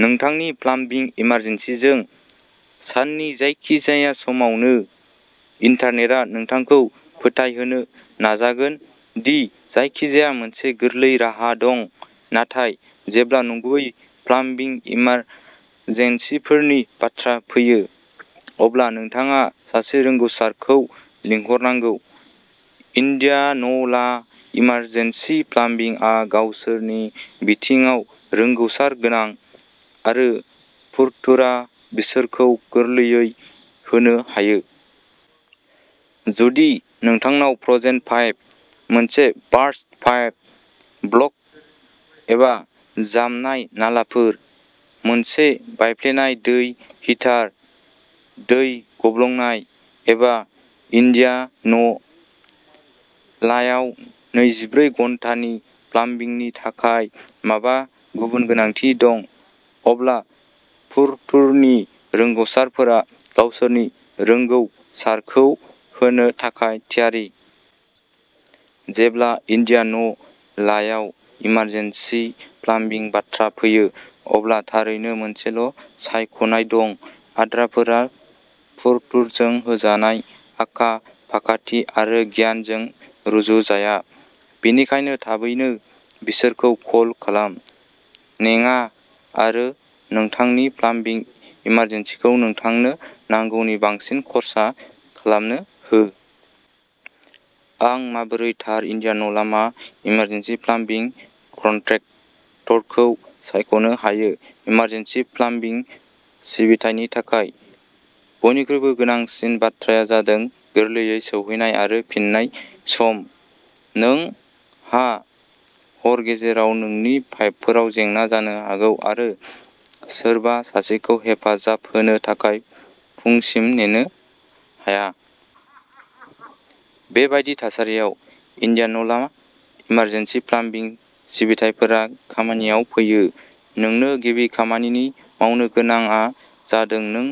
नोंथांनि प्लाम्बिं इमारजेन्सिजों, साननि जायखिजाया समावनो, इन्टारनेटआ नोंथांखौ फोथायहोनो नाजागोन दि जायखिजाया मोनसे गोरलै राहा दं, नाथाय जेब्ला नंगुबै प्लाम्बिं इमारजेन्सिफोरनि बाथ्रा फैयो, अब्ला नोंथाङा सासे रोंग'सारखौ लिंहरनांगौ। इन्डियान'ला इमारजेन्सि प्लाम्बिंआ गावसोरनि बिथिङाव रोंग'सार गोनां, आरो फुरथुरा बिसोरखौ गोरलैयै होनो हायो। जुदि नोंथांनाव फ्र'जेन पाइप, मोनसे बारस्ट पाइप, ब्ल'क्ड एबा जामनाय नालाफोर, मोनसे बायफ्लेनाय दै हिटार, दै गब्लंनाय, एबा इन्डियान' लायाव नैजिब्रै घन्टानि प्लाम्बिंनि थाखाय माबा गुबुन गोनांथि दं, अब्ला फुरथुरनि रोंग'सारफोरा गावसोरनि रोंगौ सारखौ होनो थाखाय थियारि। जेब्ला इन्डियान' लायाव इमारजेन्सि प्लाम्बिंनि बाथ्रा फैयो, अब्ला थारैनो मोनसेल' सायख'नाय दं। आद्राफोरा फुरथुरजों होजानाय आखा-फाखाथि आरो गियानजों रुजुजाया, बेनिखायनो थाबैनो बिसोरखौ कल खालाम। नेङा आरो नोंथांनि प्लाम्बिं इमारजेन्सिखौ नोंथांनो नांगौनि बांसिन खर्सा खालामनो हो। आं माबोरै थार इन्डियान'ला इमारजेन्सि प्लाम्बिं कन्ट्रेक्टरखौ सायख'नो हायो इमारजेन्सि प्लाम्बिं सिबिथायनि थाखाय, बयनिख्रुइबो गोनांसिन बाथ्राया जादों गोरलैयै सौहैनाय आरो फिननाय सम। नोंहा हर गेजेराव नोंनि पाइपफोराव जेंना जानो हागौ आरो सोरबा सासेखौ हेफाजाब होनो थाखाय फुंसिम नेनो हाया। बेबायदि थासारियाव, इन्डियान'ला इमारजेन्सि प्लाम्बिं सिबिथाइफोरा खामानियाव फैयो। नोंनो गिबि खामानि मावनो गोनांआ जादों नों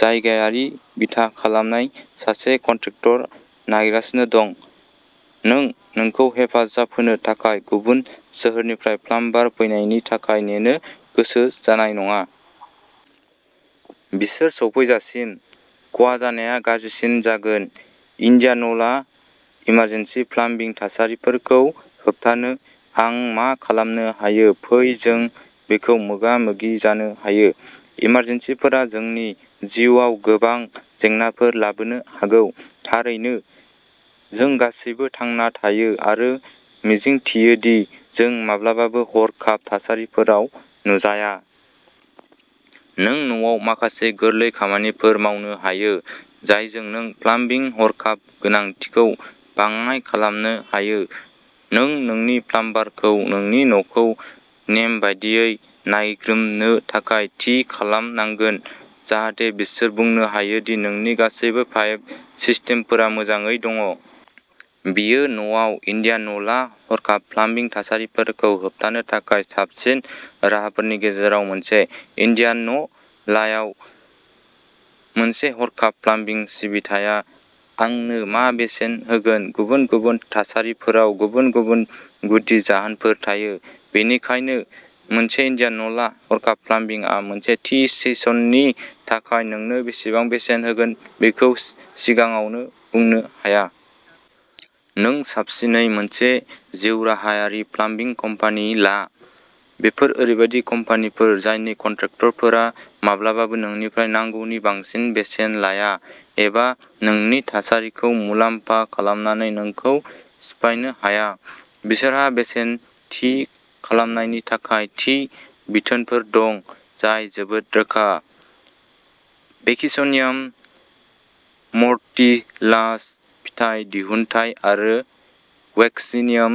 जायगायारि बिथा खालामनाय सासे कन्ट्रेक्टर नागिरगासिनो दं। नों नोंखौ हेफाजाब होनो थाखाय गुबुन सोहोरनिफ्राय प्लाम्बार फैनायनि थाखाय नेनो गोसो जानाय नङा। बिसोर सौफैजासिम, खहा जानाया गाज्रिसिन जागोन। इन्डियान'ला इमारजेन्सि प्लाम्बिं थासारिफोरखौ होबथानो आं मा खालामनो हायो फै जों बेखौ मोगा-मोगि जानो हायो, इमारजेन्सिफोरा जोंनि जिउआव गोबां जेंनाफोर लाबोनो हागौ। थारैनो, जों गासैबो थांना थायो आरो मिजिंथियो दि जों माब्लाबाबो हरखाब थासारिफोराव नुजाया। नों न'आव माखासे गोरलै खामानिफोर मावनो हायो, जायजों नों प्लाम्बिं हरखाब गोनांथिखौ बाङाइ खालामनो हायो। नों नोंनि प्लाम्बारखौ नोंनि न'खौ नेमबादियै नायग्रोमनो थाखाय थि खालामनांगोन जाहाथे बिसोर बुंनो हायो दि नोंनि गासैबो पाइप सिस्टेमफोरा मोजाङै दङ'। बेयो न'आव इन्डियान'ला हरखाब प्लाम्बिं थासारिफोरखौ होबथानो थाखाय साबसिन राहाफोरनि गेजेराव मोनसे। इन्डियान' लायाव मोनसे हरखाब प्लाम्बिं सिबिथाया आंनो मा बेसेन होगोन गुबुन गुबुन थासारिफोराव गुबुन गुबुन गुदि जाहोनफोर थायो। बेनिखायनो, मोनसे इन्डियान'ला हरखाब प्लाम्बिंआ मोनसे थि सेसननि थाखाय नोंनो बेसेबां बेसेन होगोन बेखौ सिगाङावनो बुंनो हाया। नों साबसिनै मोनसे जिउराहायारि प्लाम्बिं कम्पानि ला। बेफोर ओरैबायदि कम्पानिफोर जायनि कन्ट्राक्टरफोरा माब्लाबाबो नोंनिफ्राय नांगौनि बांसिन बेसेन लाया एबा नोंनि थासारिखौ मुलाम्फा खालामनानै नोंखौ सिफायनो हाया। बिसोरहा बेसेन थि खालामनायनि थाखाय थि बिथोनफोर दं, जाय जोबोद रोखा। भेक्सिनियाम मर्टिलास फिथाइ दिहुनथाय आरो वैक्सीनियाम।